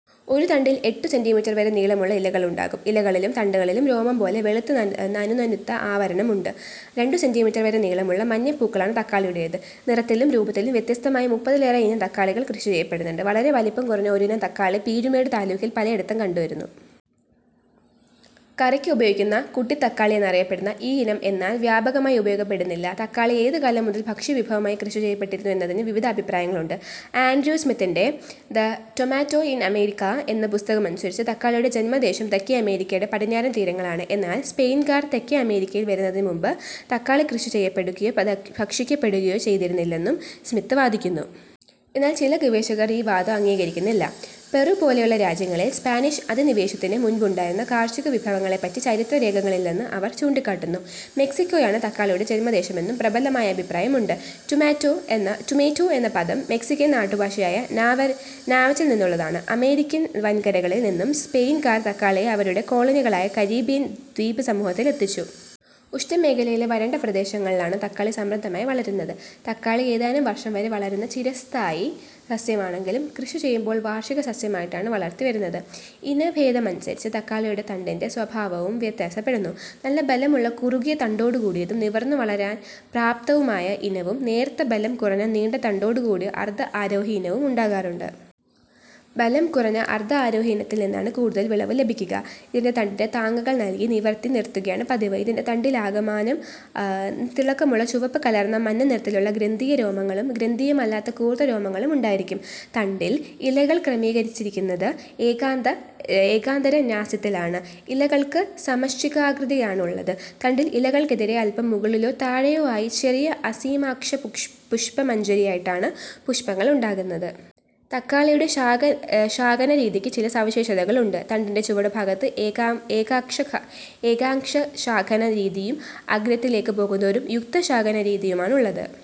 ഒരു തണ്ടിൽ എട്ടു സെ. മീ വരെ നീളമുള്ള ഇലകളുണ്ടാകും. ഇലകളിലും തണ്ടുകളിലും രോമം പോലെ വെളുത്തു നനുനനുത്ത ആവരണമുണ്ട്. രണ്ടു സെ. മീ. വരെ നീളമുള്ള മഞ്ഞ പൂക്കളാണ് തക്കാളിയുടേത്. നിറത്തിലും രൂപത്തിലും വ്യത്യസ്തമായ മുപ്പതിലേറെ ഇനം തക്കാളികൾ കൃഷി ചെയ്യപ്പെടുന്നുണ്ട്. വളരെ വലിപ്പം കുറഞ്ഞ ഒരിനം തക്കാളി പീരുമേട് താലൂക്കിൽ പലയിടത്തും കണ്ടു വരുന്നു. കറിയ്ക്ക് ഉപയോഗിക്കുന്ന, കുട്ടിത്തക്കാളി എന്നറിയപ്പെടുന്ന ഈയിനം എന്നാൽ വ്യാപകമായി ഉപയോഗപ്പെടുത്തുന്നില്ല. തക്കാളി ഏതുകാലം മുതൽ ഭക്ഷ്യവിഭവമായി കൃഷിചെയ്യപ്പെട്ടിരുന്നു എന്നതിന് വിവിധ അഭിപ്രായങ്ങളുണ്ട്. ആൻഡ്രൂ സ്മിത്തിന്റെ ദ് റ്റൊമേറ്റോ ഇൻ അമേരിക്ക എന്ന പുസ്തകമനുസരിച്ച് തക്കാളിയുടെ ജന്മദേശം തെക്കേ അമേരിക്കയുടെ പടിഞ്ഞാറൻ തീരങ്ങളാണ്. എന്നാൽ സ്പെയിൻകാർ തെക്കേ അമേരിക്കയിൽ വരുന്നതിനുമുൻപ് തക്കാളി കൃഷിചെയ്യപ്പെടുകയോ ഭക്ഷിക്കപ്പെടുകയോ ചെയ്തിരുന്നില്ലെന്നും സ്മിത്ത് വാദിക്കുന്നു. എന്നാൽ ചില ഗവേഷകർ ഈ വാദം അംഗീകരിക്കുന്നില്ല. പെറു പോലെയുള്ള രാജ്യങ്ങളിൽ സ്പാനിഷ് അധിനിവേശത്തിനു മുൻപുണ്ടായിരുന്ന കാർഷികവിഭവങ്ങളെപ്പറ്റി ചരിത്രരേഖകളില്ലെന്ന് അവർ ചൂണ്ടിക്കാട്ടുന്നു. മെക്സിക്കോയാണ് തക്കാളിയുടെ ജന്മദേശമെന്നും പ്രബലമായ അഭിപ്രായമുണ്ട്. റ്റുമേറ്റോ എന്ന പദം മെക്സിക്കൻ നാട്ടുഭാഷയായ നാവറ്റിൽ നിന്നുള്ളതാണ്. അമേരിക്കൻ വൻകരകളിൽ നിന്നും സ്പെയിൻകാർ തക്കാളിയെ അവരുടെ കോളനികളായ കരീബിയൻ ദ്വീപുസമൂഹങ്ങളിലെത്തിച്ചു. ഉഷ്ണമേഖലയിലെ വരണ്ട പ്രദേശങ്ങളിലാണ് തക്കാളി സമൃദ്ധമായി വളരുന്നത്. തക്കാളി ഏതാനും വർഷം വരെ വളരുന്ന ചിരസ്ഥായി സസ്യമാണെങ്കിലും കൃഷിചെയ്യുമ്പോൾ വാർഷികസസ്യമായിട്ടാണ് വളർത്തി വരുന്നത്. ഇനഭേദമനുസരിച്ച് തക്കാളിയുടെ തണ്ടിന്റെ സ്വഭാവവും വ്യത്യാസപ്പെടുന്നു. നല്ല ബലമുള്ള കുറുകിയ തണ്ടോടുകൂടിയതും നിവർന്നു വളരാൻ പ്രാപ്തവുമായ ഇനവും, നേർത്ത് ബലം കുറഞ്ഞ നീണ്ട തണ്ടോടുകൂടിയ അർധ ആരോഹി ഇനവും ഉണ്ടാകാറുണ്ട്. ബലം കുറഞ്ഞ അർധ ആരോഹി ഇനത്തിൽ നിന്നാണ് കൂടുതൽ വിളവു ലഭിക്കുക. ഇതിന്റെ തണ്ടിന് താങ്ങുകൾ നല്കി നിവർത്തി നിറുത്തുകയാണു പതിവ്. ഇതിന്റെ തണ്ടിലാകമാനം തിളക്കമുള്ള ചുവപ്പുകലർന്ന മഞ്ഞനിറത്തിലുള്ള ഗ്രന്ഥീയരോമങ്ങളും ഗ്രന്ഥീയമല്ലാത്ത കൂർത്ത രോമങ്ങളുമുണ്ടായിരിക്കും. തണ്ടിൽ ഇലകൾ ക്രമീകരിച്ചിരിക്കുന്നത് ഏകാന്തരന്യാസത്തിലാണ്. ഇലകൾക്ക് സമപിച്ഛകാകൃതിയാണുള്ളത്. തണ്ടിൽ ഇലകൾക്കെതിരേ അല്പം മുകളിലോ താഴെയോ ആയി ചെറിയ അസീമാക്ഷപുഷ്പമഞ്ജരിയായിട്ടാണ് പുഷ്പങ്ങളുണ്ടാകുന്നത്. തക്കാളിയുടെ ശാഖനരീതിക്ക് ചില സവിശേഷതകളുണ്ട്. തണ്ടിന്റെ ചുവടുഭാഗത്ത് ഏകാക്ഷശാഖന രീതിയും അഗ്രത്തിലേക്കു പോകുന്തോറും യുക്തശാഖന രീതിയുമാണുള്ളത്.